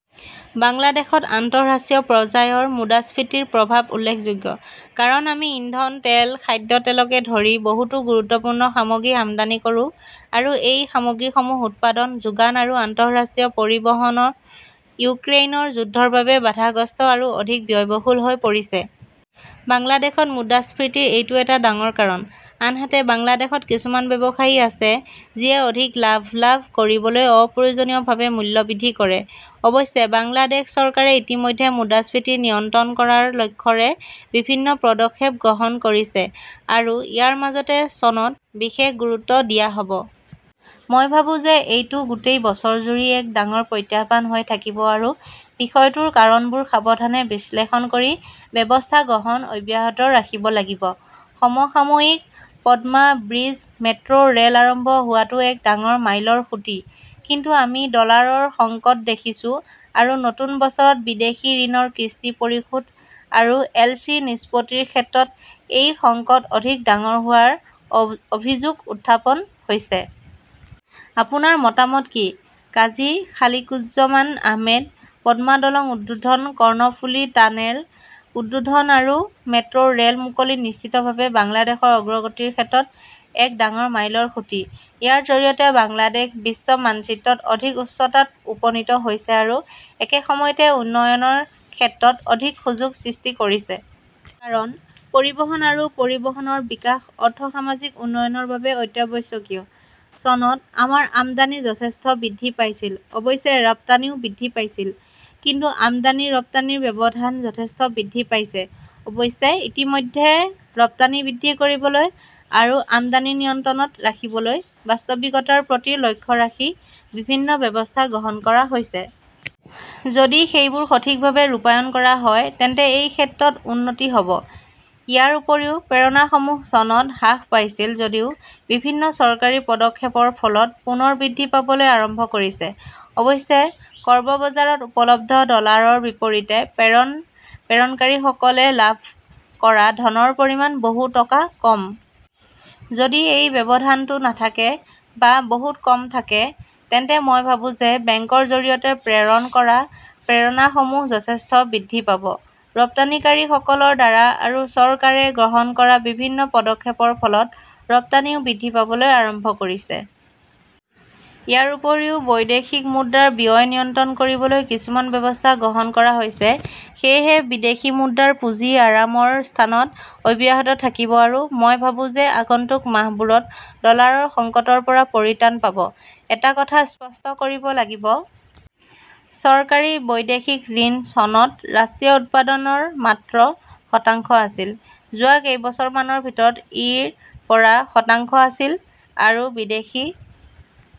বাংলাদেশত আন্তঃৰাষ্ট্ৰীয় পৰ্যায়ৰ মুদ্ৰাস্ফীতিৰ প্ৰভাৱ উল্লেখযোগ্য। কাৰণ, আমি ইন্ধন তেল, খাদ্য তেলকে ধৰি বহুতো গুৰুত্বপূৰ্ণ সামগ্ৰী আমদানি কৰো আৰু এই সামগ্ৰীসমূহৰ উৎপাদন, যোগান আৰু আন্তঃৰাষ্ট্ৰীয় পৰিবহণ ইউক্ৰেইনৰ যুদ্ধৰ বাবে বাধাগ্ৰস্ত আৰু অধিক ব্যয়বহুল হৈ পৰিছে। বাংলাদেশত মুদ্ৰাস্ফীতিৰ এইটো এটা ডাঙৰ কাৰণ। আনহাতে বাংলাদেশত কিছুমান ব্যৱসায়ী আছে যিয়ে অধিক লাভ লাভ কৰিবলৈ অপ্ৰয়োজনীয়ভাৱে মূল্য বৃদ্ধি কৰে। অৱশ্যে বাংলাদেশ চৰকাৰে ইতিমধ্যে মুদ্ৰাস্ফীতি নিয়ন্ত্ৰণ কৰাৰ লক্ষ্যৰে বিভিন্ন পদক্ষেপ গ্ৰহণ কৰিছে আৰু ইয়াৰ মাজতে চনত বিশেষ গুৰুত্ব দিয়া হ 'ব। মই ভাবো যে এইটো গোটেই বছৰজুৰি এক ডাঙৰ প্ৰত্যাহ্বান হৈ থাকিব আৰু বিষয়টোৰ কাৰণবোৰ সাৱধানে বিশ্লেষণ কৰি ব্যৱস্থা গ্ৰহণ অব্যাহত ৰাখিব লাগিব। সমসাময়িকঃ পদ্মা ব্ৰীজ-মেট্ৰ "ৰেল আৰম্ভ হোৱাটো এক ডাঙৰ মাইলৰ খুঁটি। কিন্তু আমি ডলাৰৰ সংকট দেখিছোঁ আৰু নতুন বছৰত বিদেশী ঋণৰ কিস্তি পৰিশোধ আৰু এলচি নিষ্পত্তিৰ ক্ষেত্ৰত এই সংকট অধিক ডাঙৰ হোৱাৰ অভিযোগ উত্থাপন হৈছে। আপোনাৰ মতামত কি? কাজী খালিকুজ্জমান আহমেদঃ পদ্মা দলং উদ্বোধন, কৰ্ণফুলি টানেল উদ্বোধন আৰু মেট্ৰ "ৰেল মুকলি নিশ্চিতভাৱে বাংলাদেশৰ অগ্ৰগতিৰ ক্ষেত্ৰত এক ডাঙৰ মাইলৰ খুঁটি। ইয়াৰ জৰিয়তে বাংলাদেশ বিশ্ব মানচিত্ৰত অধিক উচ্চতাত উপনীত হৈছে আৰু একে সময়তে উন্নয়নৰ ক্ষেত্ৰত অধিক সুযোগ সৃষ্টি কৰিছে। কাৰণ পৰিবহণ আৰু পৰিবহণৰ বিকাশ অৰ্থ-সামাজিক উন্নয়নৰ বাবে অত্যাৱশ্যকীয়। চনত আমাৰ আমদানি যথেষ্ট বৃদ্ধি পাইছিল, অৱশ্যে ৰপ্তানিও বৃদ্ধি পাইছিল। কিন্তু আমদানি-ৰপ্তানিৰ ব্যৱধান যথেষ্ট বৃদ্ধি পাইছে। অৱশ্যে, ইতিমধ্যে ৰপ্তানি বৃদ্ধি কৰিবলৈ আৰু আমদানি নিয়ন্ত্ৰণত ৰাখিবলৈ বাস্তৱিকতাৰ প্ৰতি লক্ষ্য ৰাখি বিভিন্ন ব্যৱস্থা গ্ৰহণ কৰা হৈছে। যদি সেইবোৰ সঠিকভাৱে ৰূপায়ণ কৰা হয় তেন্তে এই ক্ষেত্ৰত উন্নতি হ 'ব। ইয়াৰ উপৰিও, প্ৰেৰণাসমূহ চনত হ্ৰাস পাইছে যদিও বিভিন্ন চৰকাৰী পদক্ষেপৰ ফলত পুনৰ বৃদ্ধি পাবলৈ আৰম্ভ কৰিছে। অৱশ্যে, কৰ্ব বজাৰত উপলব্ধ ডলাৰৰ বিপৰীতে প্ৰেৰণ প্ৰেৰণকাৰীসকলে লাভ কৰা ধনৰ পৰিমাণ বহু টকা কম। যদি এই ব্যৱধানটো নাথাকে বা বহুত কম থাকে তেন্তে মই ভাবো যে বেংকৰ জৰিয়তে প্ৰেৰণ কৰা প্ৰেৰণাসমূহ যথেষ্ট বৃদ্ধি পাব। ৰপ্তানিকাৰীসকলৰ দ্বাৰা আৰু চৰকাৰে গ্ৰহণ কৰা বিভিন্ন পদক্ষেপৰ ফলত ৰপ্তানিও বৃদ্ধি পাবলৈ আৰম্ভ কৰিছে। ইয়াৰ উপৰিও বৈদেশিক মুদ্ৰাৰ ব্যয় নিয়ন্ত্ৰণ কৰিবলৈ কিছুমান ব্যৱস্থা গ্ৰহণ কৰা হৈছে। সেয়েহে বিদেশী মুদ্ৰাৰ পুঁজি আৰামৰ স্থানত অব্যাহত থাকিব আৰু মই ভাবো যে আগন্তুক মাহবোৰত ডলাৰৰ সংকটৰ পৰা পৰিত্ৰাণ পাব। এটা কথা স্পষ্ট কৰিব লাগিব। চৰকাৰী বৈদেশিক ঋণ চনত ৰাষ্ট্ৰীয় উৎপাদন ৰ মাত্ৰ শতাংশ আছিল। যোৱা কেইবছৰমানৰ ভিতৰত ই ৰ পৰা শতাংশ আছিল। আৰু বিদেশী